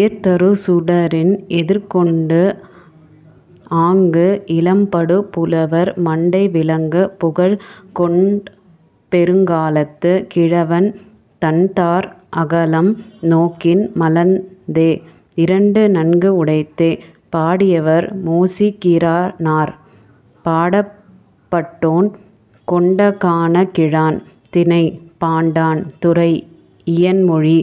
ஏர்தரு சுடரின் எதிர்கொண்டு ஆஅங்கு, இலம்படு புலவர் மண்டை விளங்கு புகழ்க் கொண்பெருங்காலத்துக் கிழவன் தண்தார் அகலம் நோக்கின், மலர்ந்தே.. இரண்டு நன்கு உடைத்தே! பாடியவர்: மோசிகீரனார். பாடப்பட்டோன்: கொண்கானங் கிழான். திணை: பாடாண். துறை: இயன்மொழி.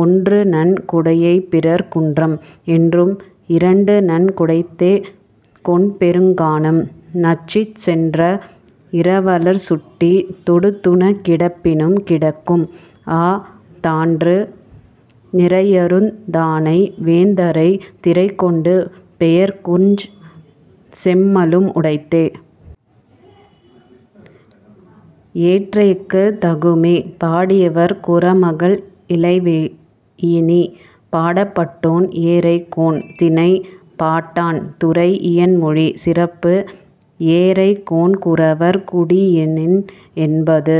ஒன்றுநன் குடைய பிறர் குன்றம்; என்றும் இரண்டுநன் குடைத்தே கொண்பெருங் கானம்; நச்சிச் சென்ற இரவலர்ச் சுட்டித் தொடுத்துணக் கிடப்பினும் கிடக்கும்; அ·தான்று நிறையருந் தானை வேந்தரைத் திறைகொண்டு பெயர்க்குஞ் செம்மலும் உடைத்தே.. ஏறைக்குத் தகுமே! பாடியவர்: குறமகள் இளவெயினி. பாடப்பட்டோன்: ஏறைக் கோன். திணை: பாடாண். துறை: இயன்மொழி. சிறப்பு: ஏறைக் கோன் குறவர் குடியினன் என்பது.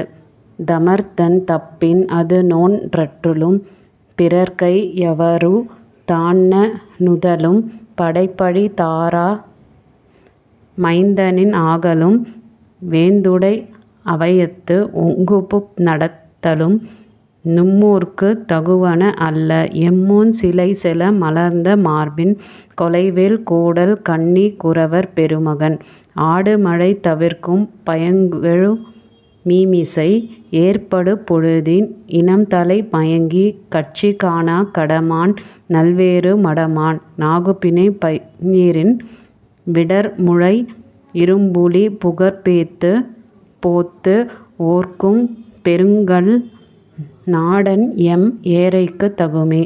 தமர்தன் தப்பின் அதுநோன் றல்லும், பிறர்கை யறவு தான்நா ணுதலும், படைப்பழி தாரா மைந்தினன் ஆகலும், வேந்துடை அவையத்து ஓங்குபு நடத்தலும், நும்மோர்க்குத் தகுவன அல்ல; எம்மோன் சிலைசெல மலர்ந்த மார்பின், கொலைவேல், கோடல் கண்ணிக் குறவர் பெருமகன்: ஆடு மழை தவிர்க்கும் பயங்கெழு மீமிசை, எற்படு பொழுதின், இனம்தலை மயங்கிக், கட்சி காணாக் கடமான் நல்லேறு மடமான் நாகுபிணை பயிரின், விடர்முழை இரும்புலிப் புகர்ப்போத்து ஓர்க்கும் பெருங்கல் நாடன்-எம் ஏறைக்குத் தகுமே..